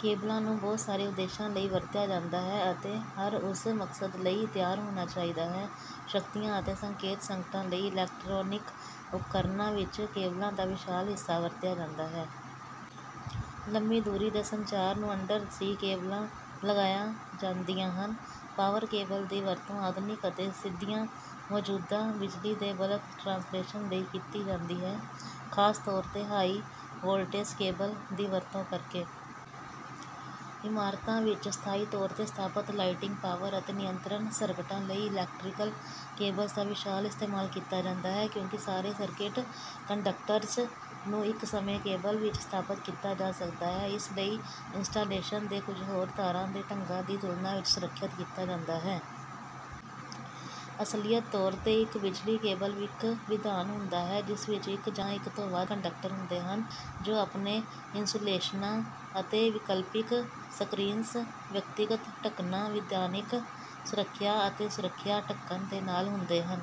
ਕੇਬਲਾਂ ਨੂੰ ਬਹੁਤ ਸਾਰੇ ਉਦੇਸ਼ਾਂ ਲਈ ਵਰਤਿਆ ਜਾਂਦਾ ਹੈ, ਅਤੇ ਹਰ ਉਸ ਮਕਸਦ ਲਈ ਤਿਆਰ ਹੋਣਾ ਚਾਹੀਦਾ ਹੈ। ਸ਼ਕਤੀਆਂ ਅਤੇ ਸੰਕੇਤ ਸੰਕਟਾਂ ਲਈ ਇਲੈਕਟ੍ਰੋਨਿਕ ਉਪਕਰਣਾਂ ਵਿੱਚ ਕੇਬਲਾਂ ਦਾ ਵਿਸ਼ਾਲ ਹਿੱਸਾ ਵਰਤਿਆ ਜਾਂਦਾ ਹੈ। ਲੰਮੀ ਦੂਰੀ ਦੇ ਸੰਚਾਰ ਨੂੰ ਅੰਡਰ ਸੀ ਕੇਬਲਾਂ ਲਗਾਇਆ ਜਾਂਦੀਆਂ ਹਨ। ਪਾਵਰ ਕੇਬਲ ਦੀ ਵਰਤੋਂ ਆਧੁਨਿਕ ਅਤੇ ਸਿੱਧੀਆਂ ਮੌਜੂਦਾ ਬਿਜਲੀ ਦੇ ਬਲਕ ਟ੍ਰਾਂਸਲੇਸ਼ਨ ਲਈ ਕੀਤੀ ਜਾਂਦੀ ਹੈ, ਖਾਸ ਤੌਰ ਤੇ ਹਾਈ-ਵੋਲਟੇਜ ਕੇਬਲ ਦੀ ਵਰਤੋਂ ਕਰਕੇ। ਇਮਾਰਤਾਂ ਵਿੱਚ ਸਥਾਈ ਤੌਰ ਤੇ ਸਥਾਪਤ ਲਾਈਟਿੰਗ, ਪਾਵਰ ਅਤੇ ਨਿਯੰਤਰਣ ਸਰਕਟਾਂ ਲਈ ਇਲੈਕਟ੍ਰੀਕਲ ਕੇਬਲਸ ਦਾ ਵਿਸ਼ਾਲ ਇਸਤੇਮਾਲ ਕੀਤਾ ਜਾਂਦਾ ਹੈ। ਕਿਉਂਕਿ ਸਾਰੇ ਸਰਕਿਟ ਕੰਡਕਟਰਜ਼ ਨੂੰ ਇੱਕ ਸਮੇਂ ਕੇਬਲ ਵਿੱਚ ਸਥਾਪਤ ਕੀਤਾ ਜਾ ਸਕਦਾ ਹੈ, ਇਸ ਲਈ ਇੰਸਟਾਲੇਸ਼ਨ ਦੇ ਕੁਝ ਹੋਰ ਤਾਰਾਂ ਦੇ ਢੰਗਾਂ ਦੀ ਤੁਲਨਾ ਵਿੱਚ ਸੁਰੱਖਿਅਤ ਕੀਤਾ ਜਾਂਦਾ ਹੈ। ਅਸਲੀਅਤ ਤੌਰ 'ਤੇ, ਇੱਕ ਬਿਜਲੀ ਕੇਬਲ ਇੱਕ ਵਿਧਾਨ ਹੁੰਦਾ ਹੈ ਜਿਸ ਵਿੱਚ ਇੱਕ ਜਾਂ ਇੱਕ ਤੋਂ ਵੱਧ ਕੰਡਕਟਰ ਹੁੰਦੇ ਹਨ ਜੋ ਆਪਣੇ ਇਨਸੂਲੇਸ਼ਨਾਂ ਅਤੇ ਵਿਕਲਪਿਕ ਸਕ੍ਰੀਨਸ, ਵਿਅਕਤੀਗਤ ਢੱਕਣਾਂ, ਵਿਧਾਨਿਕ ਸੁਰੱਖਿਆ ਅਤੇ ਸੁਰੱਖਿਆ ਢੱਕਣ ਦੇ ਨਾਲ ਹੁੰਦੇ ਹਨ।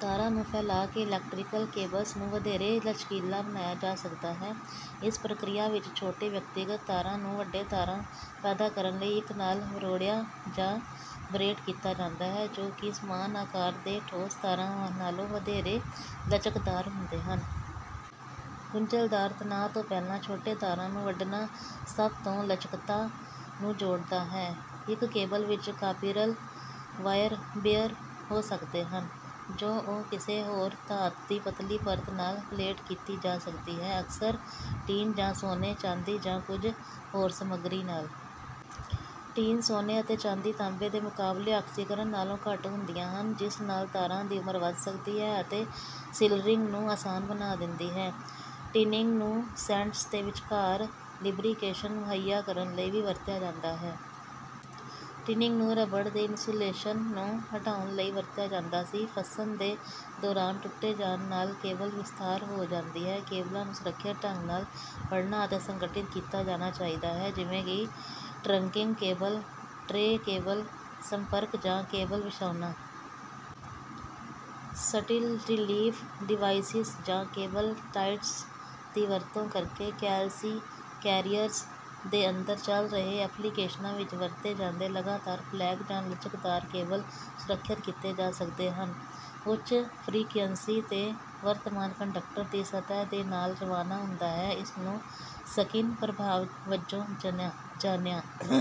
ਤਾਰਾਂ ਨੂੰ ਫੈਲਾ ਕੇ ਇਲੈਕਟ੍ਰੀਕਲ ਕੇਬਲਜ਼ ਨੂੰ ਵਧੇਰੇ ਲਚਕੀਲਾ ਬਣਾਇਆ ਜਾ ਸਕਦਾ ਹੈ। ਇਸ ਪ੍ਰਕ੍ਰਿਆ ਵਿੱਚ, ਛੋਟੇ ਵਿਅਕਤੀਗਤ ਤਾਰਾਂ ਨੂੰ ਵੱਡੇ ਤਾਰਾਂ ਪੈਦਾ ਕਰਨ ਲਈ ਇੱਕ ਨਾਲ ਮਰੋੜਿਆ ਜਾਂ ਬਰੇਟ ਕੀਤਾ ਜਾਂਦਾ ਹੈ ਜੋ ਕਿ ਸਮਾਨ ਆਕਾਰ ਦੇ ਠੋਸ ਤਾਰਾਂ ਨਾਲੋਂ ਵਧੇਰੇ ਲਚਕਦਾਰ ਹੁੰਦੇ ਹਨ। ਗੁੰਝਲਦਾਰ ਤਣਾਅ ਤੋਂ ਪਹਿਲਾਂ ਛੋਟੇ ਤਾਰਾਂ ਨੂੰ ਵੱਢਣਾ ਸਭ ਤੋਂ ਲਚਕਤਾ ਨੂੰ ਜੋੜਦਾ ਹੈ। ਇੱਕ ਕੇਬਲ ਵਿੱਚ ਕਾਪੀਰਲ ਵਾਇਰ ਬੇਅਰ ਹੋ ਸਕਦੇ ਹਨ, ਜਾਂ ਉਹ ਕਿਸੇ ਹੋਰ ਧਾਤ ਦੀ ਪਤਲੀ ਪਰਤ ਨਾਲ ਪਲੇਟ ਕੀਤੀ ਜਾ ਸਕਦੀ ਹੈ, ਅਕਸਰ ਟੀਨ ਜਾਂ ਸੋਨੇ, ਚਾਂਦੀ ਜਾਂ ਕੁਝ ਹੋਰ ਸਮੱਗਰੀ ਨਾਲ। ਟੀਨ, ਸੋਨੇ ਅਤੇ ਚਾਂਦੀ ਤਾਂਬੇ ਦੇ ਮੁਕਾਬਲੇ ਆਕਸੀਕਰਨ ਨਾਲੋਂ ਘੱਟ ਹੁੰਦੀਆਂ ਹਨ, ਜਿਸ ਨਾਲ ਤਾਰਾਂ ਦੀ ਉਮਰ ਵਧ ਸਕਦੀ ਹੈ, ਅਤੇ ਸਿਲਰਿੰਗ ਨੂੰ ਆਸਾਨ ਬਣਾ ਦਿੰਦੀ ਹੈ। ਟਿਨਿੰਗ ਨੂੰ ਸੈਂਟਸ ਦੇ ਵਿਚਕਾਰ ਲਿਬਰਿਕੇਸ਼ਨ ਮੁਹੱਈਆ ਕਰਨ ਲਈ ਵੀ ਵਰਤਿਆ ਜਾਂਦਾ ਹੈ। ਟਿਨਿੰਗ ਨੂੰ ਰਬੜ ਦੇ ਇਨਸੂਲੇਸ਼ਨ ਨੂੰ ਹਟਾਉਣ ਲਈ ਵਰਤਿਆ ਜਾਂਦਾ ਸੀ। ਫੱਸਣ ਦੇ ਦੌਰਾਨ ਟੁੱਟੇ ਜਾਣ ਨਾਲ ਕੇਬਲ ਵਿਸਥਾਰ ਹੋ ਜਾਂਦੀ ਹੈ। ਕੇਬਲਾਂ ਨੂੰ ਸੁਰੱਖਿਅਤ ਢੰਗ ਨਾਲ ਫੜਨਾ ਅਤੇ ਸੰਗਠਿਤ ਕੀਤਾ ਜਾਣਾ ਚਾਹੀਦਾ ਹੈ, ਜਿਵੇਂ ਕਿ ਟਰੰਕਿੰਗ, ਕੇਬਲ ਟ੍ਰੇ, ਕੇਬਲ ਸੰਪਰਕ ਜਾਂ ਕੇਬਲ ਵਿਛਾਉਣਾ। ਸਟੈਿਲ ਰਿਲੀਫ ਡਿਵਾਈਸਿਸ ਜਾਂ ਕੇਬਲ ਟਾਇਟਸ ਦੀ ਵਰਤੋਂ ਕਰਕੇ ਕੈਲਸੀ ਕੈਰੀਅਰਜ਼ ਦੇ ਅੰਦਰ ਚੱਲ ਰਹੇ ਐਪਲੀਕੇਸ਼ਨਾਂ ਵਿਚ ਵਰਤੇ ਜਾਂਦੇ ਲਗਾਤਾਰ-ਫਲੈਕ ਜਾਂ ਲਚਕਦਾਰ ਕੇਬਲ ਸੁਰੱਖਿਅਤ ਕੀਤੇ ਜਾ ਸਕਦੇ ਹਨ। ਉੱਚ ਫ੍ਰੀਕੁਏਂਸੀ ਤੇ, ਵਰਤਮਾਨ ਕੰਡਕਟਰ ਦੀ ਸਤਹ ਦੇ ਨਾਲ ਰਵਾਨਾ ਹੁੰਦਾ ਹੈ। ਇਸ ਨੂੰ ਸਕਿਨ ਪ੍ਰਭਾਵ ਵਜੋਂ ਜਾਣਿਆ